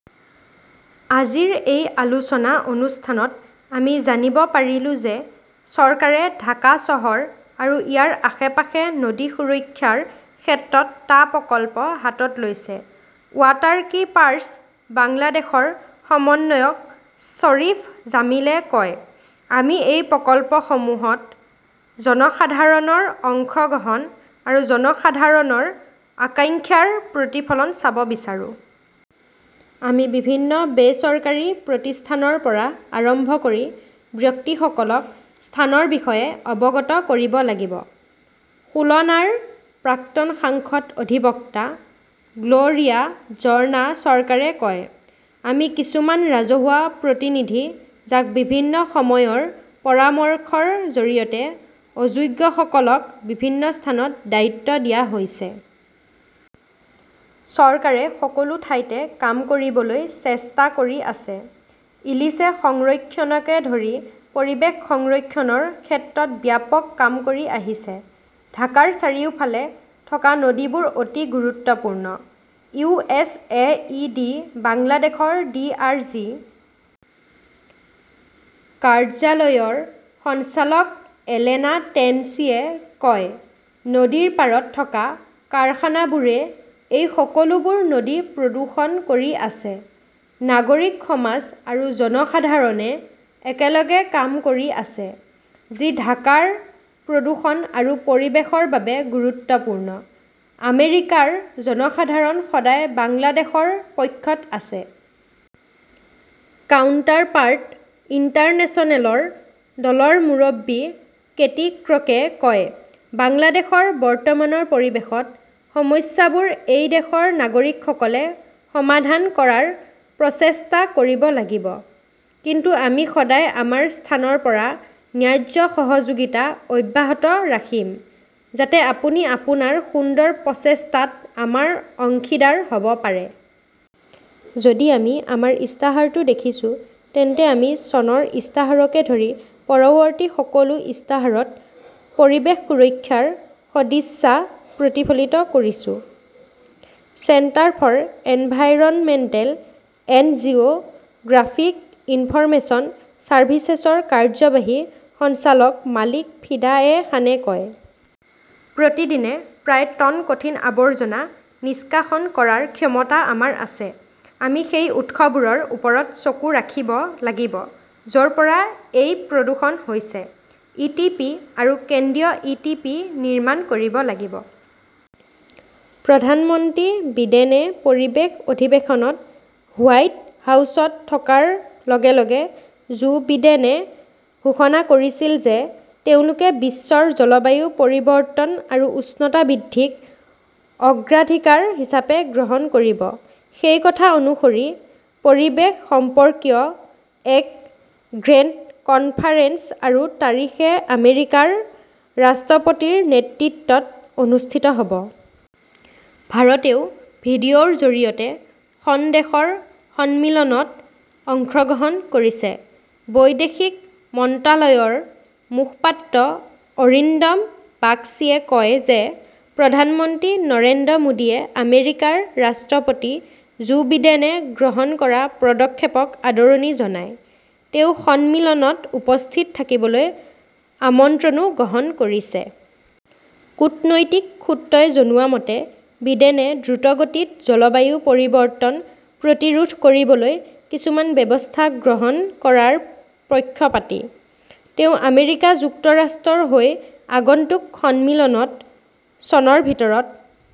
"আজিৰ এই আলোচনা অনুষ্ঠানত আমি জানিব পাৰিলো যে চৰকাৰে ঢাকা চহৰ আৰু ইয়াৰ আশে-পাশে নদী সুৰক্ষাৰ ক্ষেত্ৰত টা প্ৰকল্প হাতত লৈছে", ৱাটাৰকীপাৰ্ছ বাংলাদেশৰ সমন্বয়ক শ্বৰীফ জামিলে কয়। আমি এই প্ৰকল্পসমূহত জনসাধাৰণৰ অংশগ্ৰহণ আৰু জনসাধাৰণৰ আকাংক্ষাৰ প্ৰতিফলন চাব বিচাৰো। "আমি বিভিন্ন বেচৰকাৰী প্ৰতিষ্ঠানৰ পৰা আৰম্ভ কৰি ব্যক্তিসকলক স্থানৰ বিষয়ে অৱগত কৰিব লাগিব", খুলনাৰ প্ৰাক্তন সাংসদ অধিবক্তা গ্ল "ৰিয়া ঝৰ্ণা চৰকাৰে কয়। আমি কিছুমান ৰাজহুৱা প্ৰতিনিধি, যাক বিভিন্ন সময়ৰ পৰামৰ্শৰ জৰিয়তে অযোগ্যসকলক বিভিন্ন স্থানত দায়িত্ব দিয়া হৈছে। চৰকাৰে সকলো ঠাইতে কাম কৰিবলৈ চেষ্টা কৰি আছে। ইলিছে সংৰক্ষণকে ধৰি পৰিৱেশ সংৰক্ষণৰ ক্ষেত্ৰত ব্যাপক কাম কৰি আহিছে। "ঢাকাৰ চাৰিওফালে থকা নদীবোৰ অতি গুৰুত্বপূৰ্ণ", U. S. A. I. D. বাংলাদেশৰ ডি. আৰ. জি. কাৰ্যালয়ৰ সঞ্চালক এলেনা টেন্সিয়ে কয়। নদীৰ পাৰত থকা কাৰখানাবোৰে এই সকলোবোৰ নদী প্ৰদূষণ কৰি আছে। নাগৰিক সমাজ আৰু জনসাধাৰণে একেলগে কাম কৰি আছে, যি ঢাকাৰ প্ৰদূষণ আৰু পৰিৱেশৰ বাবে গুৰুত্বপূৰ্ণ। আমেৰিকাৰ জনসাধাৰণ সদায় বাংলাদেশৰ পক্ষত আছে। কাউণ্টাৰপাৰ্ট ইণ্টাৰনেশ্যনেলৰ দলৰ মুৰব্বী কেটি ক্ৰকে কয়, "বাংলাদেশৰ বৰ্তমানৰ পৰিৱেশত সমস্যাবোৰ এই দেশৰ নাগৰিকসকলে সমাধান কৰাৰ প্ৰচেষ্টা কৰিব লাগিব। কিন্তু আমি সদায় আমাৰ স্থানৰ পৰা ন্যায্য সহযোগিতা অব্যাহত ৰাখিম, যাতে আপুনি আপোনাৰ সুন্দৰ প্ৰচেষ্টাত আমাৰ অংশীদাৰ হ 'ব পাৰে। "যদি আমি আমাৰ ইস্তাহাৰটো দেখিছোঁ, তেন্তে আমি চনৰ ইস্তাহাৰকে ধৰি পৰৱৰ্তী সকলো ইস্তাহাৰত পৰিৱেশ সুৰক্ষাৰ সদিচ্ছা প্ৰতিফলিত কৰিছো", centre for environmental and Jio "graphic information চাৰ্ভিচেছৰ কাৰ্যবাহী সঞ্চালক মালিক ফিদা এ খানে কয়। প্ৰতিদিনে প্ৰায় টন কঠিন আৱৰ্জনা নিষ্কাশন কৰাৰ ক্ষমতা আমাৰ আছে। আমি সেই উৎসবোৰৰ ওপৰত চকু ৰাখিব লাগিব য 'ৰ পৰা এই প্ৰদূষণ হৈছে। ই. টি. পি. আৰু কেন্দ্ৰীয় ই. টি. পি. নিৰ্মাণ কৰিব লাগিব। "। প্ৰধানমন্ত্ৰী বিডেনে পৰিৱেশ অধিৱেশনত হোৱাইট হাউচত থকাৰ লগে লগে জো বিডেনে ঘোষণা কৰিছিল যে তেওঁলোকে বিশ্বৰ জলবায়ু পৰিৱৰ্তন আৰু উষ্ণতা বৃদ্ধিক অগ্ৰাধিকাৰ হিচাপে গ্ৰহণ কৰিব। সেই কথা অনুসৰি, পৰিৱেশ সম্পৰ্কীয় এক গ্ৰেণ্ড কনফাৰেন্স আৰু তাৰিখে আমেৰিকাৰ ৰাষ্ট্ৰপতিৰ নেতৃত্বত অনুষ্ঠিত হ 'ব। ভাৰতেও ভিডিঅ "ৰ জৰিয়তে খন দেশৰ সন্মিলনত অংশগ্ৰহণ কৰিছে। বৈদেশিক মন্ত্ৰালয়ৰ মুখপাত্ৰ অৰিন্দম বাগচীয়ে কয় যে প্ৰধানমন্ত্ৰী নৰেন্দ্ৰ মোদীয়ে আমেৰিকাৰ ৰাষ্ট্ৰপতি জো বিডেনে গ্ৰহণ কৰা পদক্ষেপক আদৰণি জনায়। তেওঁ সন্মিলনত উপস্থিত থাকিবলৈ আমন্ত্ৰণো গ্ৰহণ কৰিছে। কূটনৈতিক সূত্ৰই জনোৱা মতে, বিডেনে দ্ৰুতগতিত জলবায়ু পৰিৱৰ্তন প্ৰতিৰোধ কৰিবলৈ কিছুমান ব্যৱস্থা গ্ৰহণ কৰাৰ পক্ষপাতী। তেওঁ আমেৰিকা যুক্তৰাষ্ট্ৰৰ হৈ আগন্তুক সন্মিলনত চনৰ ভিতৰত